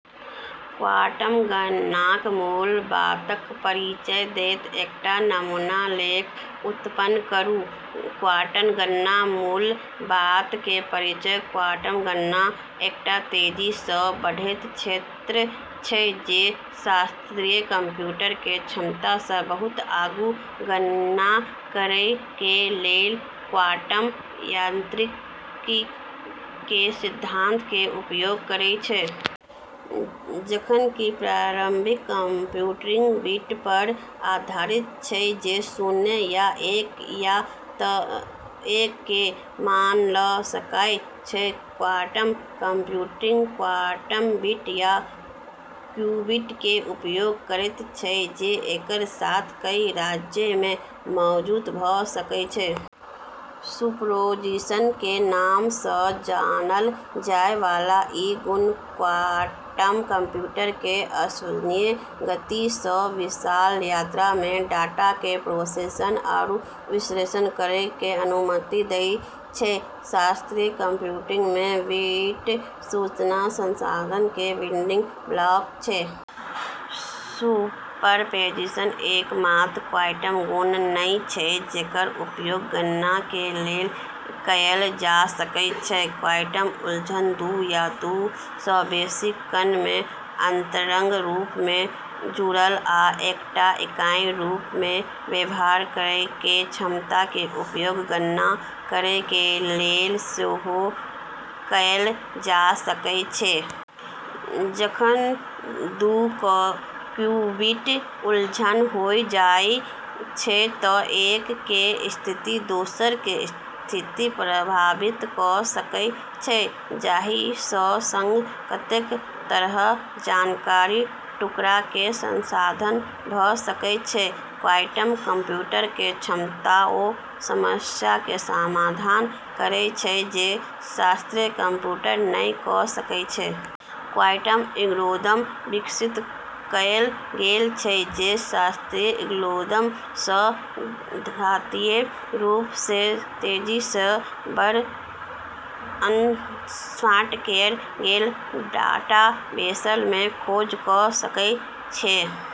Quantum गणनाक मूल बातक परिचय दैत एकटा नमूना लेख उत्पन्न करू :- क्वांटम गणना: मूल बात के परिचय क्वांटम गणना एकटा तेजी सँ बढ़ैत क्षेत्र छै जे शास्त्रीय कंप्यूटर के क्षमता सँ बहुत आगू गणना करय के लेल क्वांटम यांत्रिकी के सिद्धांत के उपयोग करैत छै। जखन कि पारंपरिक कंप्यूटिंग बिट पर आधारित छै जे शून्य या एक या तऽ एक के मान लऽ सकय छै, क्वांटम कंप्यूटिंग क्वांटम बिट, या क्यूबिट के उपयोग करैत छै, जे एक साथ कई राज्य में मौजूद भऽ सकैत छै। सुपरपोजिशन के नाम सँ जानल जाय वाला ई गुण क्वांटम कंप्यूटर के अविश्वसनीय गति सँ विशाल मात्रा में डाटा के प्रोसेस आरू विश्लेषण करै के अनुमति दै छै। शास्त्रीय कंप्यूटिंग में बिट सूचना संसाधन के बिल्डिंग ब्लॉक छै। सुपरपोजिशन एकमात्र क्वांटम गुण नै छै जेकर उपयोग गणना के लेल कएल जा सकै छै। क्वांटम उलझन – दू या दू सँ बेसी कण के अंतरंग रूप सँ जुड़ल आ एकटा इकाई के रूप में व्यवहार करय के क्षमता - के उपयोग गणना करय के लेल सेहो कएल जा सकय छै। जखन दू क्यूबिट उलझल होय जाय छै तऽ एक के स्थिति दोसर के स्थिति प्रभावित क' सकै छै, जाहिसँ एक संग कतेक तरहक जानकारीक टुकड़ाके संसाधन भ' सकै छै। क्वांटम कंप्यूटर के क्षमता ओ समस्याके समाधान करैके छै जे शास्त्रीय कंप्यूटर नै क' सकै छै। क्वांटम एल्गोरिदम विकसित कएल गेल छै जे शास्त्रीय एल्गोरिदम सँ घातीय रूप सँ तेजी सँ बड़, अनसॉर्ट कएल गेल डाटाबेस में खोज क' सकै छै।